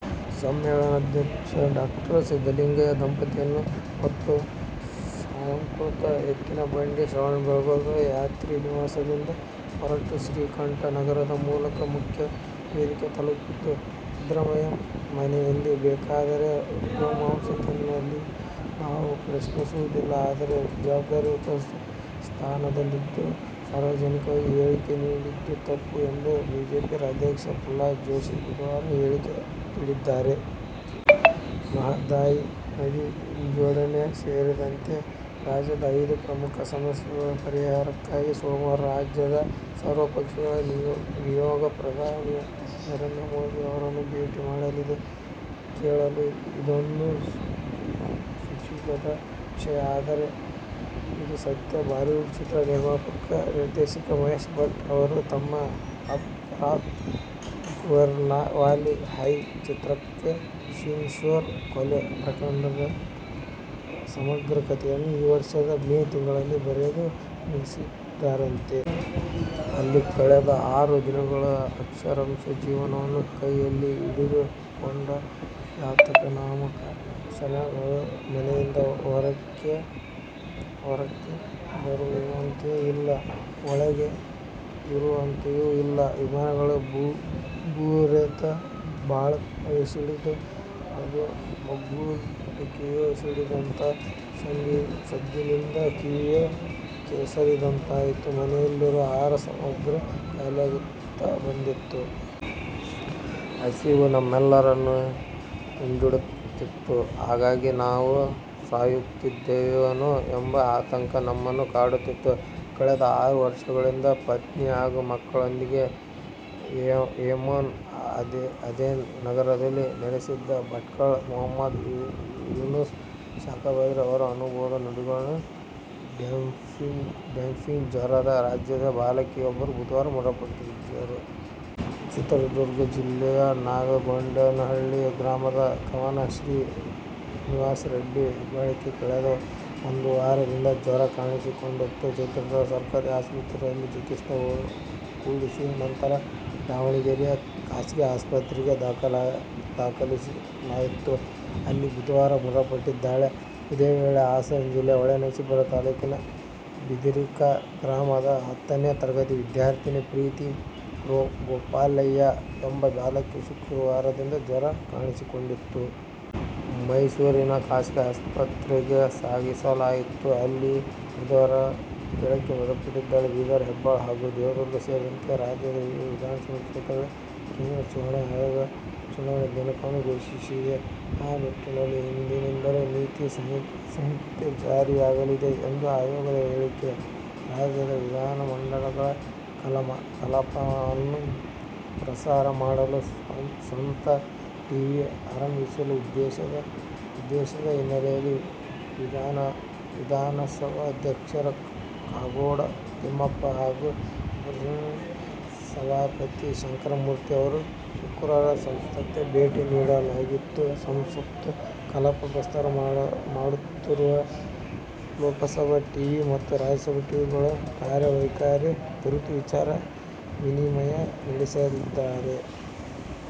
ಸಮ್ಮೇಳನಾಧ್ಯಕ್ಷ ಡಾ ಸಿದ್ಧಲಿಂಗಯ್ಯ ದಂಪತಿಯನ್ನು ಹೊತ್ತ ಸಾಲಂಕೃತ ಎತ್ತಿನ ಬಂಡಿ ಶ್ರವಣಬೆಳಗೊಳದ ಯಾತ್ರಿ ನಿವಾಸದಿಂದ ಹೊರಟು ಶ್ರೀಕಂಠ ನಗರದ ಮೂಲಕ ಮುಖ್ಯ ವೇದಿಕೆ ತಲುಪಿತು. ಸಿದ್ಧರಾಮಯ್ಯ ಮನೆಯಲ್ಲಿ ಬೇಕಾದರೆ ಗೋಮಾಂಸ ತಿನ್ನಲಿ ನಾವು ಪ್ರಶ್ನಿಸುವುದಿಲ್ಲಆದರೆ ಜವಾಬ್ದಾರಿಯುತ ಸ್ಥಾನದಲ್ಲಿದ್ದು ಸಾರ್ವಜನಿಕವಾಗಿ ಹೇಳಿಕೆ ನೀಡಿದ್ದು ತಪ್ಪು ಎಂದು ಬಿಜೆಪಿ ರಾಜ್ಯಾಧ್ಯಕ್ಷ ಪ್ರಹ್ಲಾದ್ ಜೋಷಿ ಬುಧವಾರ ಹೇಳಿಕೆ ನೀಡಿದ್ದಾರೆ. ಮಹದಾಯಿ ನದಿ ಜೋಡಣೆ ಸೇರಿದಂತೆ ರಾಜ್ಯದ ಐದು ಪ್ರಮುಖ ಸಮಸ್ಯೆಗಳ ಪರಿಹಾರಕ್ಕಾಗಿ ಸೋಮವಾರ ರಾಜ್ಯದ ಸರ್ವಪಕ್ಷಗಳ ನಿಯೋಗ ಪ್ರಧಾನಮಂತ್ರಿ ನರೇಂದ್ರ ಮೋದಿ ಅವರನ್ನು ಭೇಟಿ ಮಾಡಲಿದೆ. ಕೇಳಲು ಇದೊಂದು ಸೋಜಿಗದ ವಿಷಯ ಆದರೆ ಇದು ಸತ್ಯ ಬಾಲಿವುಡ್ ಚಿತ್ರ ನಿರ್ಮಾಪಕ, ನಿರ್ದೇಶಕ ಮಹೇಶ್ ಭಟ್ ಅವರು ತಮ್ಮ "ಅಬ್ ರಾತ್ ಗುಜರ್ನೆವಾಲೀ ಹೈ' ಚಿತ್ರಕ್ಕಾಗಿ ಶೀನಾ ಬೋರಾ ಕೊಲೆ ಪ್ರಕರಣದ ಸಮಗ್ರ ಕಥೆಯನ್ನು ಈ ವರ್ಷ ಮೇ ತಿಂಗಳಲ್ಲೇ ಬರೆದು ಮುಗಿಸಿದ್ದಾರಂತೆ! "ಅಲ್ಲಿ ಕಳೆದ ಆ ದಿನಗಳು ಅಕ್ಷರಶಃ ಜೀವವನ್ನು ಕೈಯಲ್ಲಿ ಹಿಡಿದು ಕೊಂಡ ಯಾತನಾಮಯ ಕ್ಷಣಗಳು. ಮನೆಯಿಂದ ಹೊರಕ್ಕೆ ಬರುವಂತೆಯೂ ಇಲ್ಲ, ಒಳಗೆ ಇರುವಂತೆಯೂ ಇಲ್ಲ. ವಿಮಾನಗಳ ಭೋರ್ಗರೆತ, ಬಾಂಬ್ಗಳ ಸಿಡಿತ, ಅದೂ ಮಗ್ಗುಲಲ್ಲಿಯೇ ಸಿಡಿದಂತಹ ಸದ್ದಿನಿಂದ ಕಿವಿಯೇ ಕೇಳಿಸದಂತಾಗಿತ್ತು. ಮನೆಯಲ್ಲಿರುವ ಆಹಾರ ಸಾಮಗ್ರಿ ಖಾಲಿಯಾಗುತ್ತಾ ಬಂದಿತ್ತು. ಹಸಿವು ನಮ್ಮೆಲ್ಲರನ್ನು ಹಿಂಡುತ್ತಿತ್ತು. ಹಾಗಾಗಿ, ನಾವು ಸಾಯುತ್ತಿದ್ದೇವೇನೋ ಎಂಬ ಆತಂಕ ನಮ್ಮನ್ನು ಕಾಡುತ್ತಿತ್ತು'. ಕಳೆದ ಆರು ವರ್ಷಗಳಿಂದ ಪತ್ನಿ ಹಾಗೂ ಮಕ್ಕಳೊಂದಿಗೆ ಯೆಮೆನ್ನ ಆದೆನ್ ನಗರದಲ್ಲಿ ನೆಲೆಸಿದ್ದ ಭಟ್ಕಳದ ಮಹಮ್ಮದ್ ಯೂನೂಸ್ ಶಾಬಂದ್ರಿ ಅವರ ಅನುಭವದ ನುಡಿಗಳು. ಡೆಂಘೀ ಜ್ವರಕ್ಕೆ ರಾಜ್ಯದಲ್ಲಿ ಬಾಲಕಿಯರಿಬ್ಬರು ಬುಧವಾರ ಮೃತಪಟ್ಟಿದ್ದಾರೆ. ಚಿತ್ರದುರ್ಗ ಜಿಲ್ಲೆಯ ನಾಗಗೊಂಡನಹಳ್ಳಿ ಗ್ರಾಮದ ಕವನ ಶ್ರೀನಿವಾಸ ರೆಡ್ಡಿ ಎಂಬಾಕೆಗೆ ಕಳೆದ ಒಂದು ವಾರದಿಂದ ಜ್ವರ ಕಾಣಿಸಿಕೊಂಡಿತ್ತು. ಚಿತ್ರದುರ್ಗ ಸರ್ಕಾರಿ ಆಸ್ಪತ್ರೆಯಲ್ಲಿ ಚಿಕಿತ್ಸೆ ಕೊಡಿಸಿ ನಂತರ ದಾವಣಗೆರೆ ಖಾಸಗಿ ಆಸ್ಪತ್ರೆಗೆ ದಾಖಲಿಸಲಾಗಿತ್ತು. ಅಲ್ಲಿ ಬುಧವಾರ ಮೃತಪಟ್ಟಿದ್ದಾಳೆ. ಇದೇ ವೇಳೆ ಹಾಸನ ಜಿಲ್ಲೆಯ ಹೊಳೆನರಸೀಪುರ ತಾಲೂಕಿನ ಬಿದಿರಕ್ಕ ಗ್ರಾಮದ ಹತ್ತನೇ ತರಗತಿಯಲ್ಲಿ ವಿದ್ಯಾರ್ಥಿನಿ ಪ್ರೀತಿ ಗೋಪಾಲಯ್ಯ ಎಂಬ ಬಾಲಕಿಗೆ ಶುಕ್ರವಾರದಿಂದ ಜ್ವರ ಕಾಣಿಸಿಕೊಂಡಿತ್ತು. ಮೈಸೂರಿನ ಖಾಸಗಿ ಆಸ್ಪತ್ರೆಗೆ ಸಾಗಿಸಲಾಗಿತ್ತು. ಅಲ್ಲಿ ಬುಧವಾರ ಬೆಳಗ್ಗೆ ಮೃತಪಟ್ಟಿದ್ದಾಳೆ. ಬೀದರ್, ಹೆಬ್ಬಾಳ ಹಾಗೂ ದೇವದುರ್ಗ ಸೇರಿದಂತೆ ರಾಜ್ಯದ ವಿಧಾನಸಭಾ ಕ್ಷೇತ್ರಗಳಿಗೆ ಕೇಂದ್ರ ಚುನಾವಣಾ ಆಯೋಗ ಚುನಾವಣಾ ದಿನಾಂಕವನ್ನು ಘೋಷಿಸಿದೆ. ಆ ನಿಟ್ಟಿನಲ್ಲಿ ಇಂದಿನಿಂದಲೇ ನೀತಿ ಸಂಹಿತೆ ಜಾರಿಯಾಗಲಿದೆ ಎಂದು ಆಯೋಗ ಹೇಳಿದೆ. ರಾಜ್ಯ ವಿಧಾನಮಂಡಲಗಳ ಕಲಾಪವನ್ನು ಪ್ರಸಾರ ಮಾಡಲು ಸ್ವಂತ ಟಿವಿ ಆರಂಭಿಸುವ ಉದ್ದೇಶದ ಹಿನ್ನೆಲೆಯಲ್ಲಿ ವಿಧಾನಸಭಾಧ್ಯಕ್ಷ ಕಾಗೋಡು ತಿಮ್ಮಪ್ಪ ಹಾಗೂ ವಿಧಾನಪರಿಷತ್ ಸಭಾಪತಿ ಶಂಕರಮೂರ್ತಿ ಅವರು ಶುಕ್ರವಾರ ಸಂಸತ್ಗೆ ಭೇಟಿ ನೀಡಲಿದ್ದು, ಸಂಸತ್ ಕಲಾಪ ಪ್ರಸಾರ ಮಾಡುತ್ತಿರುವ ಲೋಕಸಭಾ ಟಿವಿ ಮತ್ತು ರಾಜ್ಯಸಭಾ ಟಿವಿಗಳ ಕಾರ್ಯವೈಖರಿ ಕುರಿತು ವಿಚಾರ ವಿನಿಮಯ ನಡೆಸಲಿದ್ದಾರೆ.